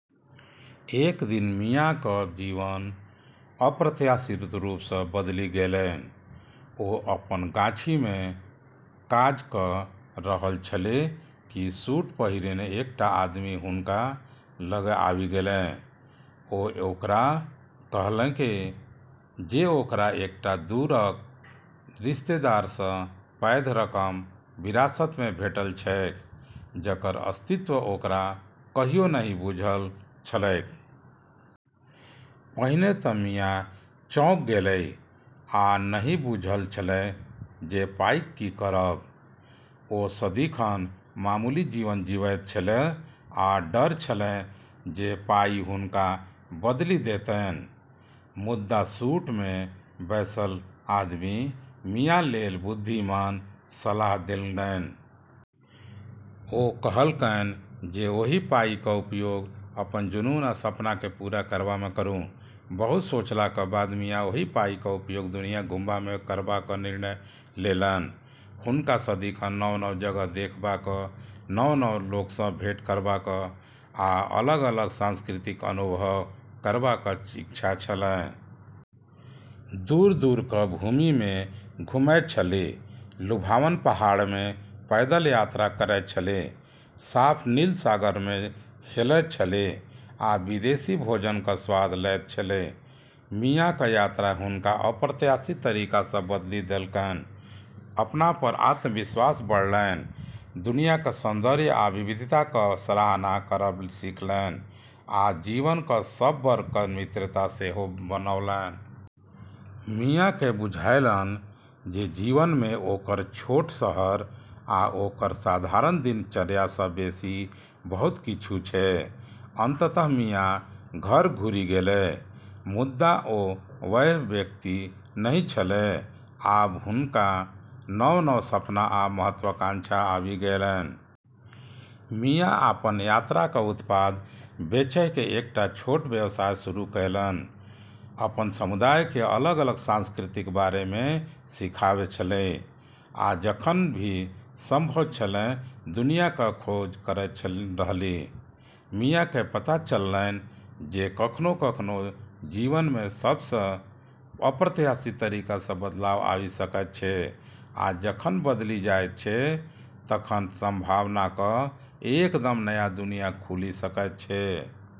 एक दिन मियाक जीवन अप्रत्याशित रूपसँ बदलि गेलैन। ओ अपन गाछीमे काज कऽ रहल छलीह कि सूट पहिरने एकटा आदमी हुनका लग आबि गेलैन। ओ ओकरा कहलकैन जे ओकरा एकटा दूरक रिश्तेदारसँ पैघ रकम विरासतमे भेटल छैक जकर अस्तित्व ओकरा कहियो नहि बुझल छलैक। पहिने तँ मिया चौंक गेलीह आ नहि बुझल छलैन जे पाइक की करब। ओ सदिखन मामूली जीवन जीबैत छलीह आ डर छलैन जे पाइ हुनका बदलि देतैन। मुदा सूटमे बैसल आदमी मियालेल बुद्धिमान सलाह देलैन। ओ कहलकैन जे ओहि पाइक उपयोग अपन जुनून आ सपनाकेँ पूरा करबामे करू। बहुत सोचलाक बाद मिया ओहि पाइक उपयोग दुनिया घुमबामे करबाक निर्णय लेलैन। हुनका सदिखन नव-नव जगह देखबाक, नव-नव लोकसँ भेंट करबाक, आ अलग-अलग संस्कृतिक अनुभव करबाक इच्छा छलैन। दूर-दूरक भूमिमे घुमैत छलीह, लुभावन पहाड़मे पैदल यात्रा करैत छलीह, साफ नील सागरमे हेलैत छलीह, आ विदेशी भोजनक स्वाद लैत छलीह। मियाक यात्रा हुनका अप्रत्याशित तरीकासँ बदलि देलकैन। अपनापर आत्मविश्वास बढ़लैन, दुनियाक सौंदर्य आ विविधताक सराहना करब सीखलैन, आ जीवनक सब वर्गक मित्रता सेहो बनौलैन। मियाकेँ बुझायलैन जे जीवनमे ओकर छोट शहर आ ओकर साधारण दिनचर्यासँ बेसी बहुत किछु छै। अन्ततः मिया घर घुरि गेलीह, मुदा ओ वैह व्यक्ति नहि छलीह। आब हुनका नव-नव सपना आ महत्वाकांक्षा आबि गेलैन। मिया अपन यात्राक उत्पाद बेचैक एकटा छोट व्यवसाय शुरू केलैन, अपन समुदायकेँ अलग-अलग संस्कृतिक बारेमे सिखाबै छलीह, आ जखन भी संभव छलैन दुनियाक खोज करैत रहलीह। मियाकेँ पता चललैन जे कखनो-कखनो, जीवनमे सबसँ अप्रत्याशित तरीकासँ बदलाव आबि सकैत छै, आ जखन बदलि जाइत छै, तखन संभावनाक एकदम नया दुनिया खुलि सकैत छै।